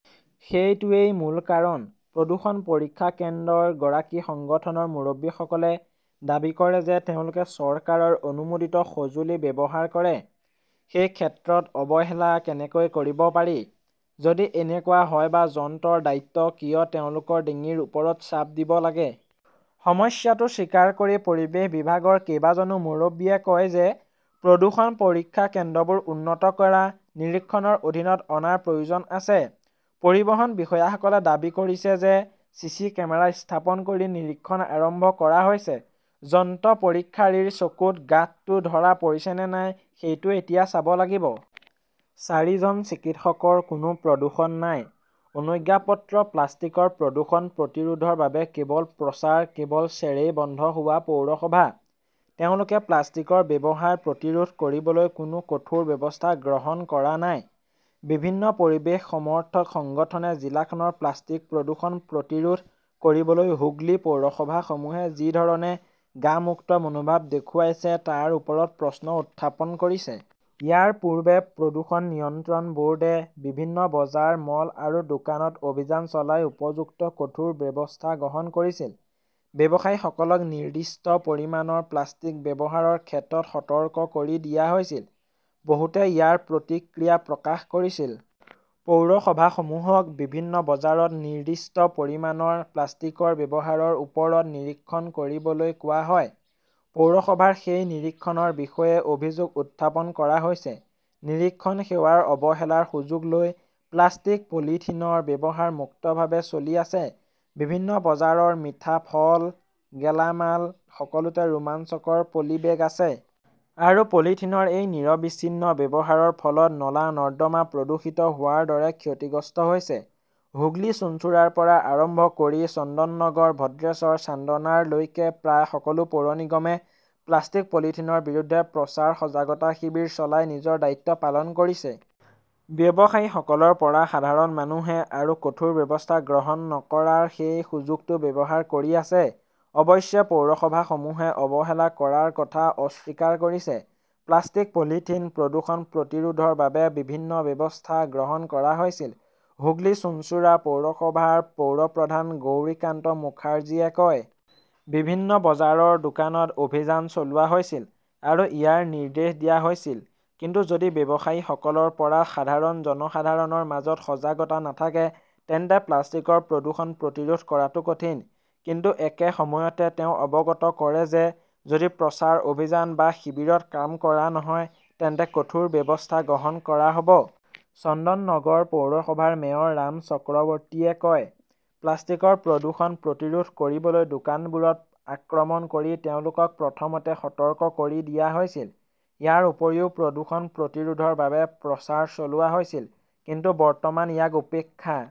সেইটোৱেই মূল কাৰণ। "প্ৰদূষণ পৰীক্ষা কেন্দ্ৰৰ গৰাকী সংগঠনৰ মুৰব্বীসকলে দাবী কৰে যে তেওঁলোকে চৰকাৰৰ অনুমোদিত সঁজুলি ব্যৱহাৰ কৰে। সেই ক্ষেত্ৰত অৱহেলা কেনেকৈ কৰিব পাৰি? যদি এনেকুৱা হয় বা যন্ত্ৰৰ দায়িত্ব কিয় তেওঁলোকৰ ডিঙিৰ ওপৰত চাপ দিব লাগে? সমস্যাটো স্বীকাৰ কৰি পৰিৱেশ বিভাগৰ কেইবাজনো মুৰব্বীয়ে কয় যে প্ৰদূষণ পৰীক্ষা কেন্দ্ৰবোৰ উন্নত কৰা, নিৰীক্ষণৰ অধীনত অনাৰ প্ৰয়োজন আছে। পৰিবহণ বিষয়াসকলে দাবী কৰিছে যে চিচি কেমেৰা স্থাপন কৰি নিৰীক্ষণ আৰম্ভ কৰা হৈছে। যন্ত্ৰ পৰীক্ষাৰীৰ চকুত গাঁতটো ধৰা পৰিছে নে নাই সেইটো এতিয়া চাব লাগিব। চাৰিজন চিকিৎসকৰ কোনো প্ৰদূষণ নাই-অনুজ্ঞাপত্ৰ প্লাষ্টিকৰ প্ৰদূষণ প্ৰতিৰোধৰ বাবে কেৱল প্ৰচাৰ কেৱল ছেৰেই বন্ধ হোৱা পৌৰসভা। তেওঁলোকে প্লাষ্টিকৰ ব্যৱহাৰ প্ৰতিৰোধ কৰিবলৈ কোনো কঠোৰ ব্যৱস্থা গ্ৰহণ কৰা নাই। বিভিন্ন পৰিৱেশ-সমৰ্থক সংগঠনে জিলাখনৰ প্লাষ্টিক প্ৰদূষণ প্ৰতিৰোধ কৰিবলৈ হুগলী পৌৰসভাসমূহে যি ধৰণে গা-মুক্ত মনোভাৱ দেখুৱাইছে তাৰ ওপৰত প্ৰশ্ন উত্থাপন কৰিছে। ইয়াৰ পূৰ্বে প্ৰদূষণ নিয়ন্ত্ৰণ ব "ৰ্ডে বিভিন্ন বজাৰ, মল আৰু দোকানত অভিযান চলাই উপযুক্ত কঠোৰ ব্যৱস্থা গ্ৰহণ কৰিছিল। ব্যৱসায়ীসকলক নিৰ্দিষ্ট পৰিমাণৰ প্লাষ্টিক ব্যৱহাৰৰ ক্ষেত্ৰত সতৰ্ক কৰি দিয়া হৈছিল। বহুতে ইয়াৰ প্ৰতিক্ৰিয়া প্ৰকাশ কৰিছিল। পৌৰসভাসমূহক বিভিন্ন বজাৰত নিৰ্দিষ্ট পৰিমাণৰ প্লাষ্টিকৰ ব্যৱহাৰৰ ওপৰত নিৰীক্ষণ কৰিবলৈ কোৱা হয়। পৌৰসভাৰ সেই নিৰীক্ষণৰ বিষয়ে অভিযোগ উত্থাপন কৰা হৈছে। নিৰীক্ষণ সেৱাৰ অৱহেলাৰ সুযোগ লৈ প্লাষ্টিক-পলিথিনৰ ব্যৱহাৰ মুক্তভাৱে চলি আছে। বিভিন্ন বজাৰৰ পৰা মিঠা, ফল, গেলামাল সকলোতে ৰোমাঞ্চকৰ পলিবেগ আছে। আৰু পলিথিনৰ এই নিৰবিচ্ছিন্ন ব্যৱহাৰৰ ফলত নলা-নৰ্দমা প্ৰদূষিত হোৱাৰ দৰে ক্ষতিগ্ৰস্ত হৈছে। হুগলী-চুঞ্চুৰাৰ পৰা আৰম্ভ কৰি চন্দননগৰ, ভদ্ৰেশ্বৰ, চান্দনাৰলৈকে প্ৰায় সকলো পৌৰ নিগমে প্লাষ্টিক-পলিথিনৰ বিৰুদ্ধে প্ৰচাৰ, সজাগতা শিবিৰ চলাই নিজৰ দায়িত্ব পালন কৰিছে। ব্যৱসায়ীসকলৰ পৰা সাধাৰণ মানুহে আৰু কঠোৰ ব্যৱস্থা গ্ৰহণ নকৰাৰ সেই সুযোগটো ব্যৱহাৰ কৰি আছে। অৱশ্যে পৌৰসভাসমূহে অৱহেলা কৰাৰ কথা অস্বীকাৰ কৰিছে। "প্লাষ্টিক-পলিথিন প্ৰদূষণ প্ৰতিৰোধৰ বাবে বিভিন্ন ব্যৱস্থা গ্ৰহণ কৰা হৈছিল", হুগলী-চুঞ্চুৰা পৌৰসভাৰ পৌৰ প্ৰধান গৌৰিকান্ত মুখাৰ্জীয়ে কয়। বিভিন্ন বজাৰৰ দোকানত অভিযান চলোৱা হৈছিল আৰু ইয়াৰ নিৰ্দেশ দিয়া হৈছিল। কিন্তু যদি ব্যৱসায়ীসকলৰ পৰা সাধাৰণ জনসাধাৰণৰ মাজত সজাগতা নাথাকে তেন্তে প্লাষ্টিকৰ প্ৰদূষণ প্ৰতিৰোধ কৰাটো কঠিন। "কিন্তু একে সময়তে তেওঁ অৱগত কৰে যে যদি প্ৰচাৰ অভিযান বা শিবিৰত কাম কৰা নহয় তেন্তে কঠোৰ ব্যৱস্থা গ্ৰহণ কৰা হ" ব। চন্দননগৰ পৌৰসভাৰ মেয়ৰ ৰাম চক্ৰৱৰ্তীয়ে কয়, "প্লাষ্টিকৰ প্ৰদূষণ প্ৰতিৰোধ কৰিবলৈ দোকানবোৰত আক্ৰমণ কৰি তেওঁলোকক প্ৰথমতে সতৰ্ক কৰি দিয়া হৈছিল। ইয়াৰ উপৰিও প্ৰদূষণ প্ৰতিৰোধৰ বাবে প্ৰচাৰ চলোৱা হৈছিল। কিন্তু বৰ্তমান ইয়াক উপেক্ষা